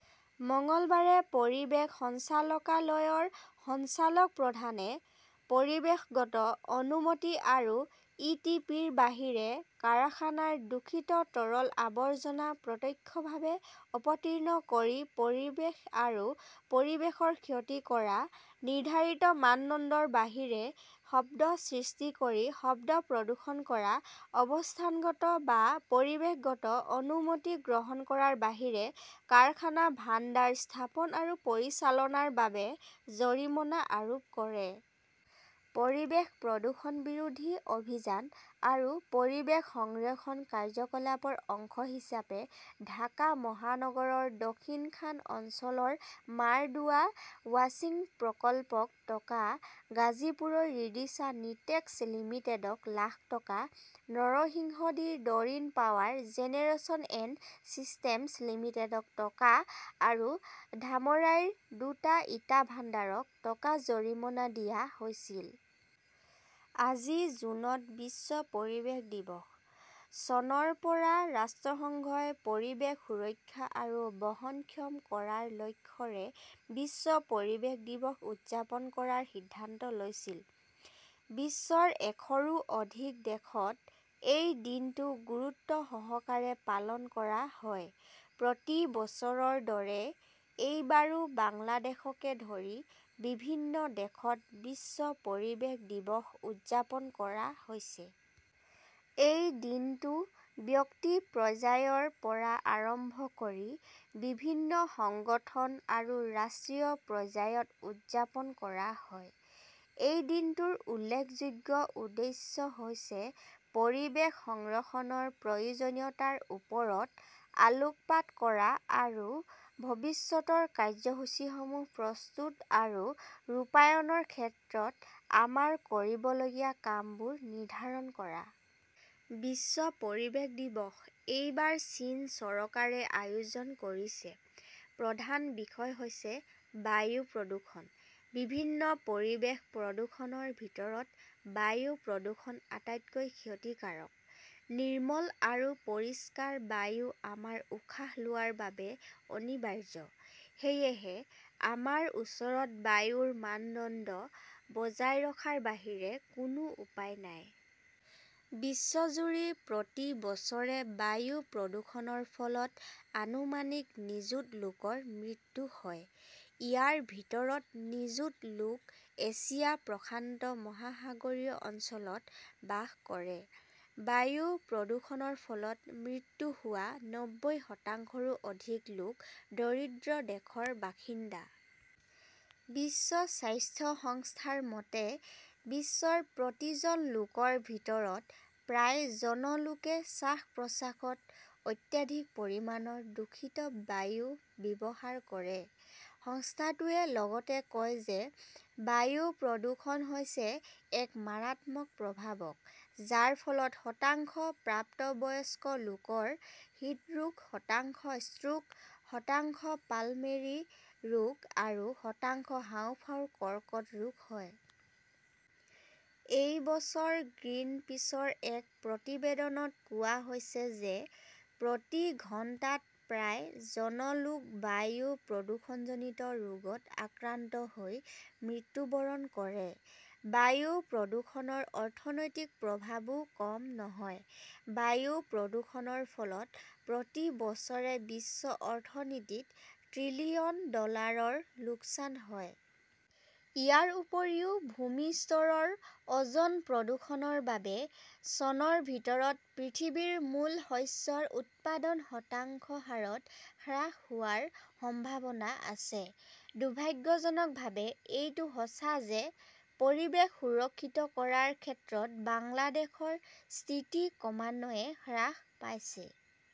মঙলবাৰে পৰিৱেশ সঞ্চালকালয়ৰ সঞ্চালক প্ৰধানে পৰিৱেশগত অনুমতি আৰু ই টি পিৰ বাহিৰে কাৰখানাৰ দূষিত তৰল আৱৰ্জনা প্ৰত্যক্ষভাৱে অপতৃণ কৰি পৰিৱেশ আৰু পৰিৱেশৰ ক্ষতি কৰা, নিৰ্ধাৰিত মানদণ্ডৰ বাহিৰে শব্দ সৃষ্টি কৰি শব্দ প্ৰদূষণ কৰা, অৱস্থানগত বা পৰিৱেশগত অনুমতি গ্ৰহণ কৰাৰ বাহিৰে কাৰখানা ভাণ্ডাৰ স্থাপন আৰু পৰিচালনাৰ বাবে জৰিমনা আৰোপ কৰে। পৰিৱেশ প্ৰদূষণ বিৰোধী অভিযান আৰু পৰিৱেশ সংৰক্ষণ কাৰ্যকলাপৰ অংশ হিচাপে ঢাকা মহানগৰৰ দক্ষিণখান অঞ্চলৰ মাৰ দোৱা ৱাশ্বিং প্ৰকল্পক টকা, গাজীপুৰৰ ৰিডিশা নিটেক্স লিমিটেডক লাখ টকা, নৰসিংদীৰ Doreen power generation and systems লিমিটেডক টকা আৰু ধামৰাইৰ দুটা ইটা ভাণ্ডাৰক টকা জৰিমনা দিয়া হৈছিল। আজি জুনত বিশ্ব পৰিৱেশ দিৱস। চনৰ পৰা ৰাষ্ট্ৰসংঘই পৰিৱেশ সুৰক্ষা আৰু বহনক্ষম কৰাৰ লক্ষ্যৰে বিশ্ব পৰিৱেশ দিৱস উদযাপন কৰাৰ সিদ্ধান্ত লৈছিল। বিশ্বৰ এশৰো অধিক দেশত এই দিনটো গুৰুত্বসহকাৰে পালন কৰা হয়। প্ৰতি বছৰৰ দৰে এইবাৰো বাংলাদেশকে ধৰি বিভিন্ন দেশত বিশ্ব পৰিৱেশ দিৱস উদযাপন কৰা হৈছে। এই দিনটো ব্যক্তি পৰ্যায়ৰ পৰা আৰম্ভ কৰি বিভিন্ন সংগঠন আৰু ৰাষ্ট্ৰীয় পৰ্যায়ত উদযাপন কৰা হয়। এই দিনটোৰ উল্লেখযোগ্য উদ্দেশ্য হৈছে পৰিৱেশ সংৰক্ষণৰ প্ৰয়োজনীয়তাৰ ওপৰত আলোকপাত কৰা আৰু ভৱিষ্যতৰ কাৰ্যসূচীসমূহ প্ৰস্তুত আৰু ৰূপায়ণৰ ক্ষেত্ৰত আমাৰ কৰিবলগীয়া কামবোৰ নিৰ্ধাৰণ কৰা। বিশ্ব পৰিৱেশ দিৱস, এইবাৰ চীন চৰকাৰে আয়োজন কৰিছে। প্ৰধান বিষয় হৈছে বায়ু প্ৰদূষণ। বিভিন্ন পৰিৱেশ প্ৰদূষণৰ ভিতৰত বায়ু প্ৰদূষণ আটাইতকৈ ক্ষতিকাৰক। নিৰ্মল আৰু পৰিষ্কাৰ বায়ু আমাৰ উশাহ লোৱাৰ বাবে অনিবাৰ্য। সেয়েহে আমাৰ ওচৰত বায়ুৰ মানদণ্ড বজাই ৰখাৰ বাহিৰে কোনো উপায় নাই। বিশ্বজুৰি প্ৰতি বছৰে বায়ু প্ৰদূষণৰ ফলত আনুমানিক নিযুত লোকৰ মৃত্যু হয়। ইয়াৰ ভিতৰত নিযুত লোক এছিয়া প্ৰশান্ত মহাসাগৰীয় অঞ্চলত বাস কৰে। বায়ু প্ৰদূষণৰ ফলত মৃত্যু হোৱা নব্বৈ শতাংশৰো অধিক লোক দৰিদ্ৰ দেশৰ বাসিন্দা। বিশ্ব স্বাস্থ্য সংস্থাৰ মতে, বিশ্বৰ প্ৰতি জন লোকৰ ভিতৰত প্ৰায় জন লোকে শ্বাস প্ৰশ্বাসত অত্যাধিক পৰিমাণৰ দূষিত বায়ু ব্যৱহাৰ কৰে। সংস্থাটোৱে লগতে কয় যে বায়ু প্ৰদূষণ হৈছে এক মাৰাত্মক প্ৰভাৱক, যাৰ ফলত শতাংশ প্ৰাপ্তবয়স্ক লোকৰ হৃদৰোগ, শতাংশ ষ্ট্ৰোক, শতাংশ পালমেৰী ৰোগ আৰু শতাংশ হাঁওফাঁওৰ কৰ্কট ৰোগ হয়। এই বছৰ গ্ৰীণপিছৰ এক প্ৰতিবেদনত কোৱা হৈছে যে প্ৰতি ঘণ্টাত প্ৰায় জন লোক বায়ু প্ৰদূষণজনিত ৰোগত আক্ৰান্ত হৈ মৃত্যুবৰণ কৰে। বায়ু প্ৰদূষণৰ অৰ্থনৈতিক প্ৰভাৱো কম নহয়। বায়ু প্ৰদূষণৰ ফলত প্ৰতি বছৰে বিশ্ব অৰ্থনীতিত ট্ৰিলিয়ন ডলাৰৰ লোকচান হয়। ইয়াৰ উপৰিও ভূমি স্তৰৰ অজন প্ৰদূষণৰ বাবে চনৰ ভিতৰত পৃথিৱীৰ মূল শস্যৰ উৎপাদন শতাংশ হাৰত হ্ৰাস হোৱাৰ সম্ভাৱনা আছে। দুৰ্ভাগ্যজনকভাৱে এইটো সঁচা যে পৰিৱেশ সুৰক্ষিত কৰাৰ ক্ষেত্ৰত বাংলাদেশৰ স্থিতি ক্ৰমান্বয়ে হ্ৰাস পাইছে।